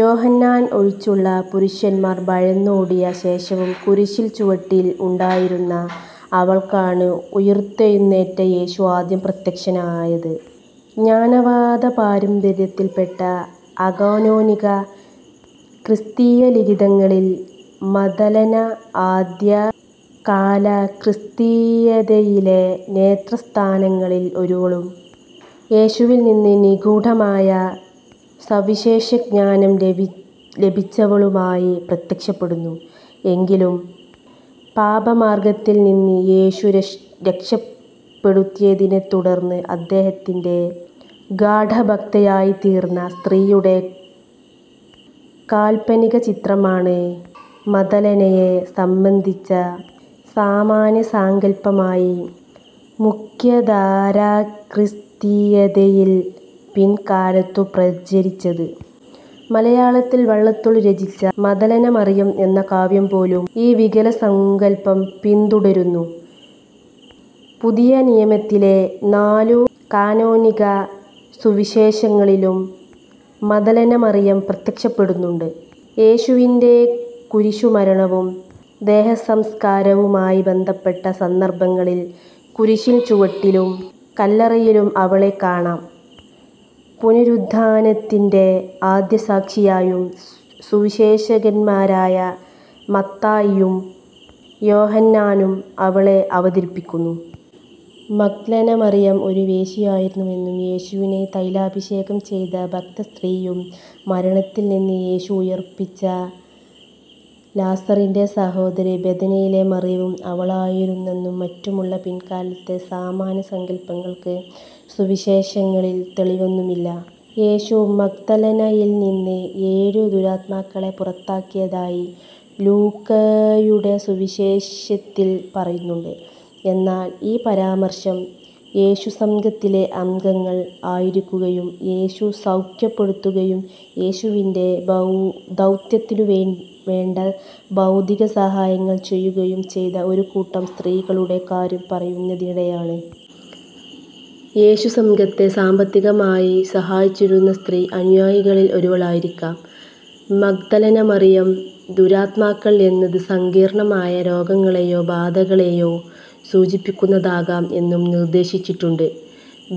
യോഹന്നാൻ ഒഴിച്ചുള്ള പുരുഷശിഷ്യന്മാർ ഭയന്നോടിയ ശേഷവും കുരിശിൻ ചുവട്ടിൽ ഉണ്ടായിരുന്ന അവൾക്കാണ് ഉയിർത്തെഴുന്നേറ്റ യേശു ആദ്യം പ്രത്യക്ഷനായത്. ജ്ഞാനവാദപാരമ്പര്യത്തിൽ പെട്ട അകാനോനിക ക്രിസ്തീയലിഖിതങ്ങളിൽ 'മഗ്ദലന' ആദ്യകാലക്രിസ്തീയതയിലെ നേതൃസ്ഥാനികളിൽ ഒരുവളും യേശുവിൽ നിന്ന് നിഗൂഢമായ സവിശേഷജ്ഞാനം ലഭിച്ചവളുമായി പ്രത്യക്ഷപ്പെടുന്നു. എങ്കിലും പാപമാർഗ്ഗത്തിൽ നിന്ന് യേശു രക്ഷപെടുത്തിയതിനെ തുടർന്ന് അദ്ദേഹത്തിന്റെ ഗാഢഭക്തയായിത്തീർന്ന സ്ത്രീയുടെ കാല്പനികചിത്രമാണ് മഗ്ദലനയെ സംബന്ധിച്ച സാമാന്യസങ്കല്പമായി മുഖ്യധാരാക്രിസ്തീയതയിൽ പിൽക്കാലത്തു പ്രചരിച്ചത്. മലയാളത്തിൽ വള്ളത്തോൾ രചിച്ച 'മഗ്ദലനമറിയം' എന്ന കാവ്യം പോലും ഈ വികലസങ്കല്പം പിന്തുടരുന്നു. പുതിയനിയമത്തിലെ നാലു കാനോനിക സുവിശേഷങ്ങളിലും മഗ്ദലനമറിയം പ്രത്യക്ഷപ്പെടുന്നുണ്ട്. യേശുവിന്റെ കുരിശുമരണവും ദേഹസംസ്കാരവുമായി ബന്ധപ്പെട്ട സന്ദർഭങ്ങളിൽ കുരിശിൻ ചുവട്ടിലും കല്ലറയിലും അവളെ കാണാം. പുനരുദ്ധാനത്തിന്റെ ആദ്യസാക്ഷിയായും സുവിശേഷകന്മാരായ മത്തായിയും യോഹന്നാനും അവളെ അവതരിപ്പിക്കുന്നു. മഗ്ദലനമറിയം ഒരു വേശ്യ ആയിരുന്നുവെന്നും, യേശുവിനെ തൈലാഭിഷേകം ചെയ്ത ഭക്തസ്ത്രീയും മരണത്തിൽ നിന്ന് യേശു ഉയിർപ്പിച്ച ലാസറിന്റെ സഹോദരി ബെഥനിയിലെ മറിയവും അവളായിരുന്നെന്നും മറ്റുമുള്ള പിൽക്കാലത്തെ സാമാന്യസങ്കല്പങ്ങൾക്ക് സുവിശേഷങ്ങളിൽ തെളിവൊന്നുമില്ല. യേശു 'മഗ്ദലന'-യിൽ നിന്ന് ഏഴു ദുരാത്മാക്കളെ പുറത്താക്കിയതായി ലൂക്കായുടെ സുവിശേഷത്തിൽ പറയുന്നുണ്ട്. എന്നാൽ ഈ പരാമർശം, യേശുസംഘത്തിലെ അംഗങ്ങൾ ആയിരിക്കുകയും യേശു സൗഖ്യപ്പെടുത്തുകയും യേശുവിന്റെ ദൗത്യത്തിനു വേണ്ട ഭൗതികസഹായങ്ങൾ ചെയ്യുകയും ചെയ്ത ഒരുകൂട്ടം സ്ത്രീകളുടെ കാര്യം പറയുന്നതിനിടെയാണ്. യേശുസംഘത്തെ സാമ്പത്തികമായി സഹായിച്ചിരുന്ന സ്ത്രീ അനുയായികളിൽ ഒരുവളായിരുന്നിരിക്കാം മഗ്ദലനമറിയം. 'ദുരാത്മാക്കൾ' എന്നത് സങ്കീർണ്ണമായ രോഗങ്ങളേയോ 'ബാധ'-കളേയോ സൂചിപ്പിക്കുന്നതാകാം എന്നും നിർദ്ദേശിക്കപ്പെട്ടിട്ടുണ്ട്.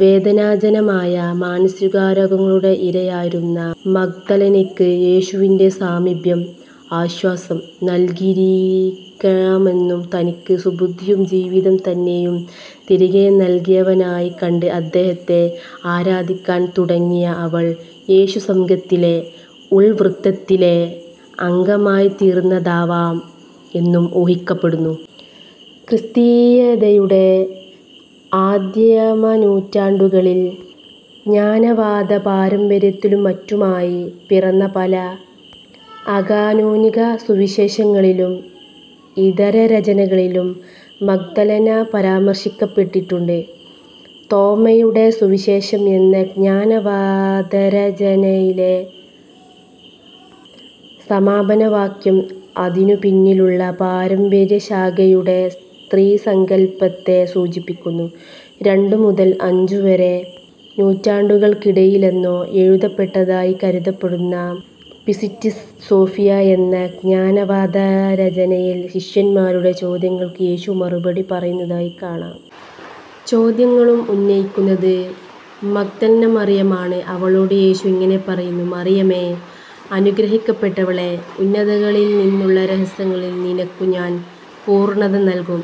വേദനാജനമായ മാനസികരോഗങ്ങളുടെ ഇരയായിരുന്ന മഗ്ദലനയ്ക്ക് യേശുവിന്റെ സാമീപ്യം ആശ്വാസം നൽകിയിരുന്നിരിക്കാമെന്നും തനിക്ക് സുബുദ്ധിയും ജീവിതം തന്നെയും തിരികെ നൽകിയവനായി കണ്ട് അദ്ദേഹത്തെ ആരാധിക്കാൻ തുടങ്ങിയ അവൾ യേശുസംഘത്തിലെ ഉൾവൃത്തത്തിലെ അംഗമായിത്തീർന്നതാവാം എന്നും ഊഹിക്കപ്പെടുന്നു. ക്രിസ്തീയതയുടെ ആദിമനൂറ്റാണ്ടുകളിൽ ജ്ഞാനവാദപാരമ്പര്യത്തിലും മറ്റുമായി പിറന്ന പല അകാനോനിക സുവിശേഷങ്ങളിലും ഇതരരചനകളിലും 'മഗ്ദലന' പരാമർശിക്കപ്പെടുന്നുണ്ട്. തോമായുടെ സുവിശേഷം എന്ന ജ്ഞാനവാദരചനയിലെ സമാപനവാക്യം അതിനു പിന്നിലുള്ള പാരമ്പര്യശാഖയുടെ സ്ത്രീസങ്കല്പത്തെ സൂചിപ്പിക്കുന്നു:- രണ്ടു മുതൽ അഞ്ചുവരെ നൂറ്റാണ്ടുകൾക്കിടയിലെന്നോ എഴുതപ്പെട്ടതായി കരുതപ്പെടുന്ന "പിസ്റ്റിസ് സോഫിയ" എന്ന ജ്ഞാനവാദരചനയിൽ ശിഷ്യന്മാരുടെ ചോദ്യങ്ങൾക്ക് യേശു മറുപടി പറയുന്നതായി കാണാം. ചോദ്യങ്ങളും ഉന്നയിക്കുന്നത് മഗ്ദലനമറിയമാണ്. അവളോട് യേശു ഇങ്ങനെ പറയുന്നു: "മറിയമേ, അനുഗ്രഹിക്കപ്പെട്ടവളേ, ഉന്നതങ്ങളിൽ നിന്നുള്ള രഹസ്യങ്ങളിൽ നിനക്കു ഞാൻ പൂർണ്ണത നൽകും.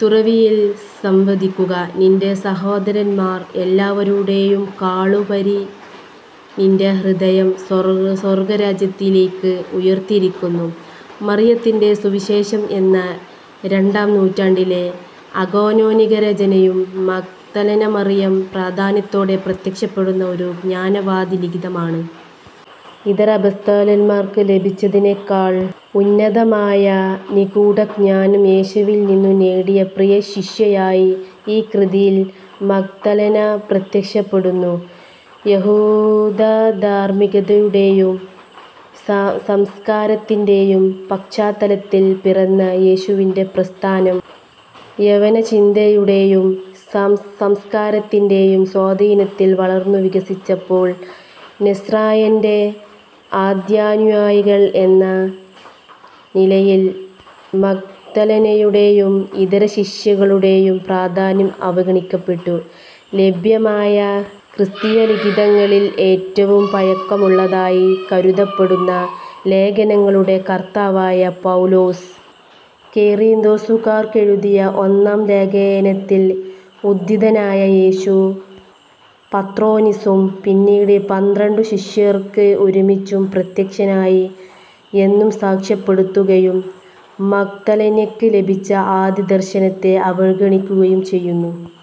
തുറവിയിൽ സംവദിക്കുക. നിന്റെ സഹോദരന്മാർ എല്ലാവരേയുംകാളുപരി നിന്റെ ഹൃദയം സ്വർഗ്ഗരാജ്യത്തിലേയ്ക്ക് ഉയർന്നിരിക്കുന്നു. " "മറിയത്തിന്റെ സുവിശേഷം" എന്ന രണ്ടാം നൂറ്റാണ്ടിലെ അകാനോനികരചനയും മഗ്ദലനമറിയം പ്രാധാന്യത്തോടെ പ്രത്യക്ഷപ്പെടുന്ന ഒരു ജ്ഞാനവാദലിഖിതമാണ്. ഇതര അപ്പസ്തോലന്മാർക്കു ലഭിച്ചതിനേക്കാൾ ഉന്നതമായ നിഗൂഢജ്ഞാനം യേശുവിൽ നിന്നു നേടിയ പ്രിയശിഷ്യയായി ഈ കൃതിയിൽ മഗ്ദലന പ്രത്യക്ഷപ്പെടുന്നു. യഹൂദധാർമ്മികതയുടേയും സംസ്കാരത്തിന്റേയും പശ്ചാത്തലത്തിൽ പിറന്ന യേശുവിന്റെ പ്രസ്ഥാനം യവനചിന്തയുടേയും സംസ്കാരത്തിന്റേയും സ്വാധീനത്തിൽ വളർന്നു വികസിച്ചപ്പോൾ, 'നസ്രായന്റെ' ആദ്യാനുയായികൾ എന്ന നിലയിൽ മഗ്ദലനയുടേയും ഇതരശിഷ്യകളുടേയും പ്രാധാന്യം അവഗണിക്കപ്പെട്ടു. ലഭ്യമായ ക്രിസ്തീയലിഖിതങ്ങളിൽ ഏറ്റവും പഴക്കമുള്ളതായി കരുതപ്പെടുന്ന ലേഖനങ്ങളുടെ കർത്താവായ പൗലോസ്, കൊറീന്തോസുകാർക്കെഴുതിയ ഒന്നാം ലേഖനത്തിൽ ഉദ്ധിതനായ യേശു പത്രോനിസും പിന്നീട് പന്ത്രണ്ടു ശിഷ്യർക്ക് ഒരുമിച്ചും പ്രത്യക്ഷനായി എന്നു സാക്ഷ്യപ്പെടുത്തുകയും മഗ്ദലനയ്ക്കു ലഭിച്ച ആദ്യദർശനത്തെ അവഗണിക്കുകയും ചെയ്യുന്നു.